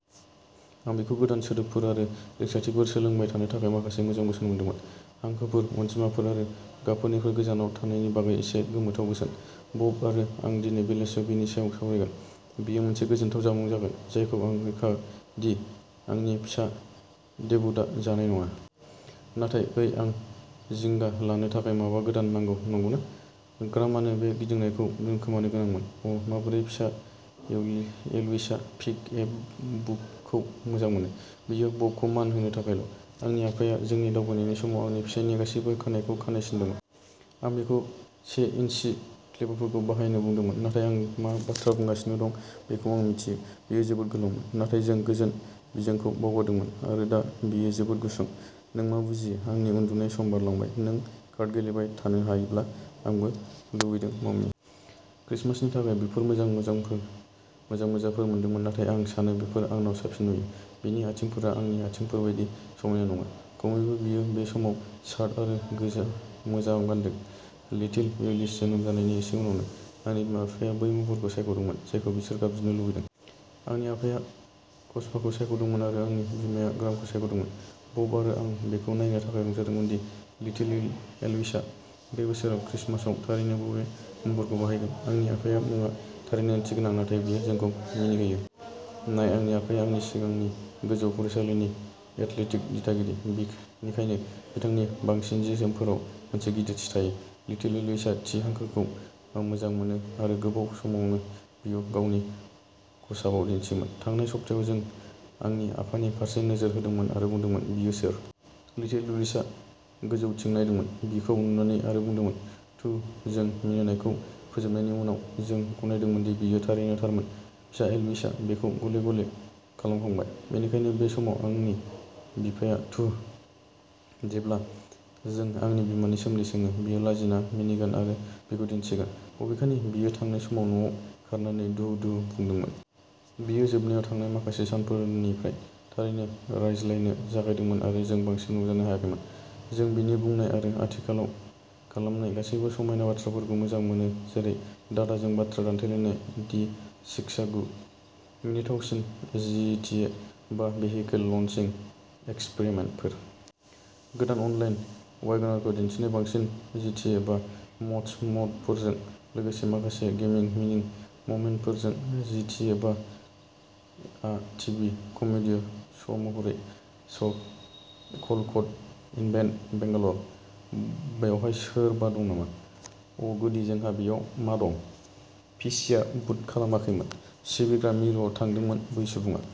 आं बिखौ गोदान सोदोबफोर आरो रिंसारथिफोर सोलोंबाय थानो थाखाय माखासे मोजां बोसोन मोनदोंमोन, हांखोफोर, अनजिमाफोर आरो गाबफोरनिफ्राय गोजानाव थानायनि बागै एसे गोमोथाव बोसोन। बब आरो आं दिनै बेलासियाव बेनि सायाव सावरायगोन। बेयो मोनसे गोजोनथाव जामुं जागोन, जायखौ आं रोखा दि आंनि फिसा देबुतआ जानाय नङा। नाथाय, ओइ आं जिंगा लानो थाखाय माबा गोदान नांगौ, नंगौना? ग्रामानो बे गिदिंनायखौ दोनखोमानो गोनांमोन। अ, माबोरै फिसा एवि एल्विसआ पिक-ए-बुकखौ मोजां मोनो। बेयो बबखौ मान होनो थाखायल'। आंनि आफाया जोंनि दावबायनायनि समाव आंनि फिसायनि गासैबो खानाइखौ खानाइ सिनदोंमोन। आं बिखौ से इन्चि क्लिपारफोरखौ बाहायनो बुंदोंमोन, नाथाय आं मा बाथ्रा बुंगासिनो दं बेखौ आं मिथियो। बेयो जोबोद गोलावमोन, नाथाय जों गोजोन बिजोंखौ बावगारदोंमोन आरो दा बेयो जोबोद गुसुं। नों मा बुजियो आंनि उन्दुनाय सम बारलांबाय नों कार्ड गेलेबाय थानो हायोब्ला, आंबो लुबैदों मम्मी। क्रिसमासनि थाखाय बेफोर मोजां मोजांफोर मोजां मोजाफोर मोनदोंमोन, नाथाय आं सानो बेफोर आंनाव साबसिन नुयो। बिनि आथिंफोरा आंनि आथिंफोर बायदि समायना नङा खमैबो बियो बे समाव शार्ट आरो गोजा मोजां गानदों। लिटिल एल्विस जोनोम जानायनि एसे उनावनो, आंनि बिमा-बिफाया बै मुंफोरखौ सायख'दोंमोन जायखौ बिसोर गाबज्रिनो लुबैदों। आंनि आफाया कचपाखौ सायख'दोंमोन आरो आंनि बिमाया ग्रामखौ सायख'दोंमोन। बब आरो आं बेखौ नायनो थाखाय रंजादोंमोन दि लिटिल एल्विसआ बे बोसोराव क्रिसमासआव थारैनो बबे मुंफोरखौ बाहायगोन। आंनि आफानि मुंआ थारैनो ओंथिगोनां, नाथाय बेयो जोंखौ मिनिहोयो। नाय, आंनि आफाया आंनि सिगांनि गोजौ फरायसालिनि एथलेटिक दिथागिरि। बिनिखायनो, बिथांनि बांसिन जि-जोमफोराव मोनसे गिदिर टि थायो। लिटिल एल्विसआ टि हांखोखौ मोजां मोनो आरो गोबां समावनो बेखौ गावनि कचपायाव दिन्थियोमोन। थांनाय सप्तायाव, जों आंनि आफानि फारसे नोजोर होदोंमोन आरो बुंदोंमोन, बियो सोर? लिटिल लुइसआ गोजौथिं नायदोंमोन। बिखौ नुनानै आरो बुंदोंमोन, तुह जों मिनिनायखौ फोजोबनायनि उनाव, जों गनायदोंमोन दि बियो थारैनो थारमोन। फिसा एलुइसआ बेखौ गले-गले खालामखांबाय। बेनिखायनो बे समाव, आंनि बिफाया तुह। जेब्ला जों आंनि बिमानि सोमोन्दै सोङो, बियो लाजिना मिनिगोन आरो बिखौ दिन्थिगोन, बबेखानि बियो थांनाय सानाव न'आव खारनानै दुह-दुह बुंदोंमोन। बियो जोबनायाव थांनाय माखासे सानफोरनिफ्राय थारैनो रायज्लायनो जागायदोंमोन आरो जों बांसिन रंजानो हायाखैमोन। जों बिनि बुंनाय आरो आथिखालाव खालामनाय गासैबो समायना बाथ्राफोरखौ मोजां मोनो जेरै दादाजों बाथ्रा दान्थेलायनाय दि सिक्सआ गु। मिनिथावसिन जिटिए बा भेहिकल लन्चिं एक्सपेरिमेन्टफोर! गोदान अनलाइन वेगनारखौ दिन्थिनाय बांसिन जिटिए बा मड्स मडफोरजों लोगोसे माखासे गेमिं मिनि मोमेन्टफोर जिटिए बा आ टिभि कमेडि श'महरै कल क'ड इभेन्ट, बेंगालर। बेवहाय सोरबा दं नामा? अ'गुडी जोंहा बेयाव मा दं? पिसिआ बुट खालामाखैमोन। सिबिग्रा मिरुआव थांदोंमोन बै सुबुङा।